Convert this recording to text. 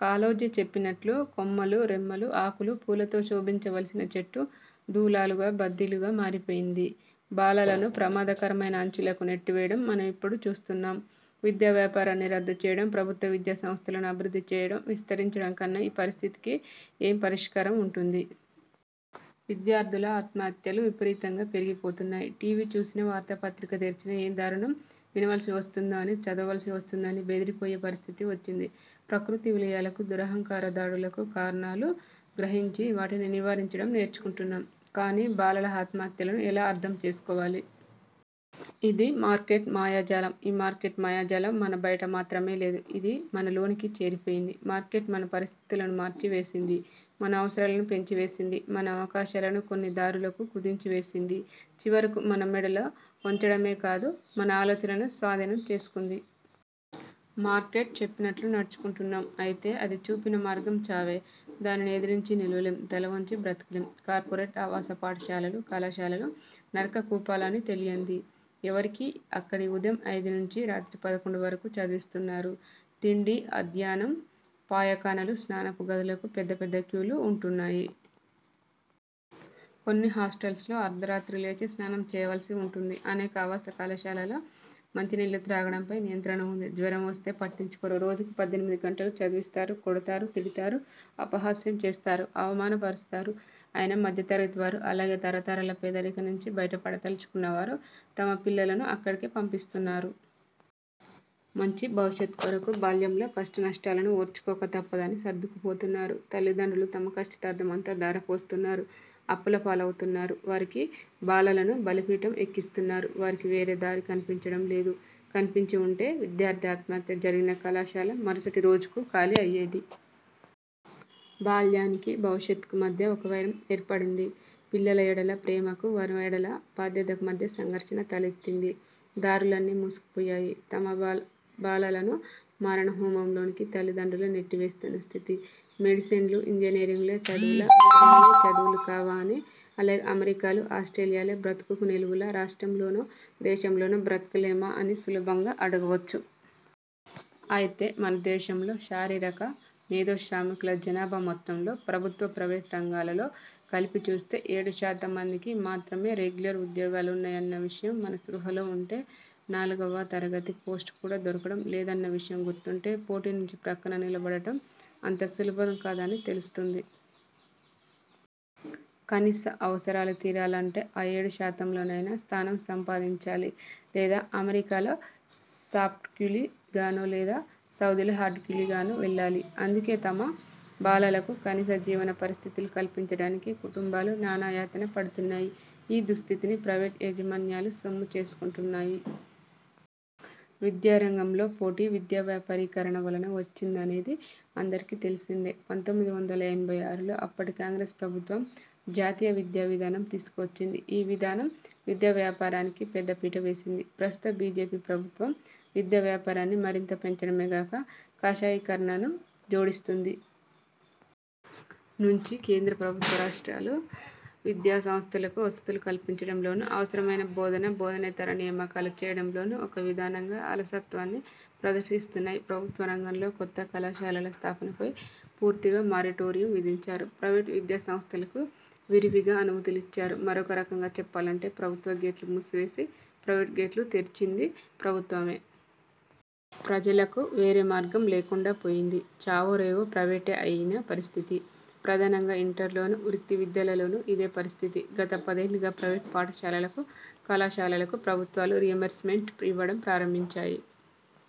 కాళోజీ చెప్పినట్లు కొమ్మలు, రెమ్మలు, ఆకులు, పూలతో శోభించవలసిన చెట్టు దూలాలుగా, బద్దీలుగా మారిపోయింది. బాలలను ప్రమాదకరమైన అంచులకు నెట్టి వేయడం మనం ఇప్పుడు చూస్తూన్నాం. విద్యా వ్యాపారాన్ని రద్దు చేయడం, ప్రభుత్వ విద్యా సంస్థలను అభివృద్ధి చేయడం, విస్తరించడం కన్నా ఈ పరిస్థితికి ఏం పరిష్కారం ఉంటుంది? విద్యార్థుల ఆత్మహత్యలు విపరీతంగా పెరిగి పోతున్నాయి. టి. వి.చూసినా, వార్తా పత్రిక తెరిచినా ఏ దారుణం వినవలసి వస్తుందో అని, చదవవలసి వస్తుందో అని బెదిరి పోయే పరిస్థితి వచ్చింది. ప్రకృతి విలయాలకు, దురహంకార దాడులకు కారణాలు గ్రహించి, వాటిని నివారించడం నేర్చుకుంటున్నాం. కాని బాలల ఆత్మహత్యలను ఎలా అర్థం చేసుకోవాలి? ఇది మార్కెట్ మాయాజాలం. ఈ మార్కెట్ మాయాజాలం మన బయట మాత్రమే లేదు. ఇది మన లోనికి చేరిపోయింది. మార్కెట్ మన పరిస్థితులను మార్చి వేసింది, మన అవసరాలను పెంచి వేసింది, మన అవకాశాలను కొన్ని దారులకు కుదించి వేసింది. చివరకు మన మెడలు వంచడమే కాదు, మన ఆలోచనలనే స్వాధీనం చేసుకుంది. మార్కెట్ చెప్పినట్లు నడుచుకుంటున్నాం. అయితే అది చూపిన మార్గం చావే! దానిని ఎదిరించి నిలువలేం, తలవంచి బ్రతకలేం! కార్పొరేట్ ఆవాస పాఠశాలలు, కళాశాలలు నరక కూపాలని తెలియంది ఎవరికి? అక్కడ ఉదయం ఐదు నుంచి రాత్రి పదకొండు వరకు చదివిస్తున్నారు. తిండి అధ్యాన్నం. పాయఖానాలు, స్నానపు గదులకు పెద్ద, పెద్ద క్యూలు ఉంటున్నాయి. కొన్ని హాస్టల్స్లో అర్ధరాత్రి లేచి స్నానం చేయవలసి ఉంటుంది. అనేక ఆవాస కళాశాలలలో మంచి నీళ్ళు త్రాగడంపై నియంత్రణ ఉంది. జ్వరం వస్తే పట్టించుకోరు. రోజుకు పద్దెనిమిది గంటలు చదివిస్తారు. కొడతారు, తిడతారు, అపహాస్యం చేస్తారు, అవమాన పరుస్తారు. అయినా మధ్య తరగతి వారు, అలాగే తరతరాల పేదరికం నుంచి బయటపడదలచుకున్నవారు తమ పిల్లలను అక్కడికే పంపిస్తున్నారు. మంచి భవిష్యత్ కొరకు బాల్యంలో కష్ట్టనష్టాలను ఓర్చుకోక తప్పదని సర్దుకు పోతున్నారు. తల్లిదండ్రులు తమ కష్టార్జితం అంతా ధార పోస్తూన్నారు. అప్పుల పాలవుతున్నారు. వారి బాలలను బలి పీఠం ఎక్కిస్తూన్నారు. వారికి వేరే దారి కనిపించడం లేదు. కనిపించి ఉంటే విద్యార్థి ఆత్మహత్య జరిగిన కళాశాల మరుసటి రోజుకు ఖాళీ అయ్యేది. బాల్యానికి భవిష్యత్కు మధ్య ఒక వైరం ఏర్పడింది. పిల్లల ఎడల ప్రేమకు వారి ఎడల బాధ్యతకు మధ్య సంఘర్షణ తలెత్తింది! దారులన్నీ మూసుకుపోయాయి. తమ బాలల బాలలను మారణ హోమం లోనికి తల్లిదండ్రులే నెట్టి వేస్తూన్న స్థితి. మెడిసిన్లు ఇంజనీరింగులే చదువులా, మిగిలినవి చదువులు కావా అని, అలాగే అమెరికాలు, ఆస్ట్రేలియాలే బ్రతుకుకు నెలవులా రాష్ట్రంలోనో దేశంలోనో బ్రతకలేమా అని సులభంగా అడగవచ్చు. అయితే మన దేశంలో శారీరక, మేధో శ్రామికుల జనాభా మొత్తంలో ప్రభుత్వ, ప్రైవేట్ రంగాలలో కలిపి చూస్తే ఏడు శాతం మందికి మాత్రమే రెగ్యులర్ ఉద్యోగాలున్నాయన్న విషయం మన స్పృహలో ఉంటే, నాలుగవ తరగతి పోస్టు కూడా దొరకడం లేదన్న విషయం గుర్తుంటే, పోటీ నుంచి ప్రక్కన నిలబడడం అంత సులభం కాదని తెలుస్తుంది. కనీస అవసరాలు తీరాలంటే ఆ ఏడు శాతంలో నైనా స్థానం సంపాదించాలి లేదా అమెరికాలో సాఫ్ట్కూలీ గానో లేదా సౌదీలో హార్డ్కూలీ గానో వెళ్ళాలి. అందుకే తమ బాలలకు కనీస జీవన పరిస్థితులు కల్పించడానికి కుటుంబాలు నానా యాతన పడుతున్నాయి. ఈ దుస్థితిని ప్రైవేట్ యాజమాన్యాలు సొమ్ము చేసుకుంటున్నాయి. విద్యా రంగంలో పోటీ విద్యావ్యాపారీకరణ వలన వచ్చిందనేది అందరికీ తెలిసిందే. పంతొమ్మిది వందల ఎనభై ఆరులో అప్పటి కాంగ్రెస్ ప్రభుత్వం 'జాతీయ విద్యావిధానం ' తీసుకు వచ్చింది. ఈ విధానం విద్యా వ్యాపారానికి పెద్దపీట వేసింది. ప్రస్తుత బీజేపీ ప్రభుత్వం విద్యా ప్యాపారాన్ని మరింత పెంచడమే గాక కాషాయీకరణను జోడిస్తూంది. నుంచి కేంద్ర రాష్ట్ర ప్రభుత్వాలు విద్యా సంస్థలకు వసతులు కల్పించడం లోనూ, అవసరమైన బోధన, బోధనేతర నియామకాలు చేయడంలోనూ, ఒక విధానంగా, అలసత్వాన్ని ప్రదర్శిస్తూన్నాయి. ప్రభుత్వ రంగంలో కొత్త కళాశాలల స్థాపనపై పూర్తిగా మారిటోరియం విధించారు. ప్రైవేట్ విద్యా సంస్థలకు విరివిగా అనుమతులిచ్చారు. మరొక రకంగా చెప్పాలంటే ప్రభుత్వ గేట్లు మూసి వేసి ప్రైవేట్ గేట్లు తెరచింది ప్రభుత్వమే. ప్రజలకు వేరే మార్గం లేకండా పోయింది. చావో రేవో ప్రైవేటే అయిన పరిస్థితి. ప్రధానంగా ఇంటర్లోనూ, వృత్తి విద్యలలోనూ ఇదే పరిస్థితి. గత పదేళ్ళుగా ప్రైవేట్ పాఠశాలలకు, కళాశాలలకు ప్రభుత్వాలు రీయింబర్స్మెంట్ ఇవ్వడం ప్రారంభించాయి.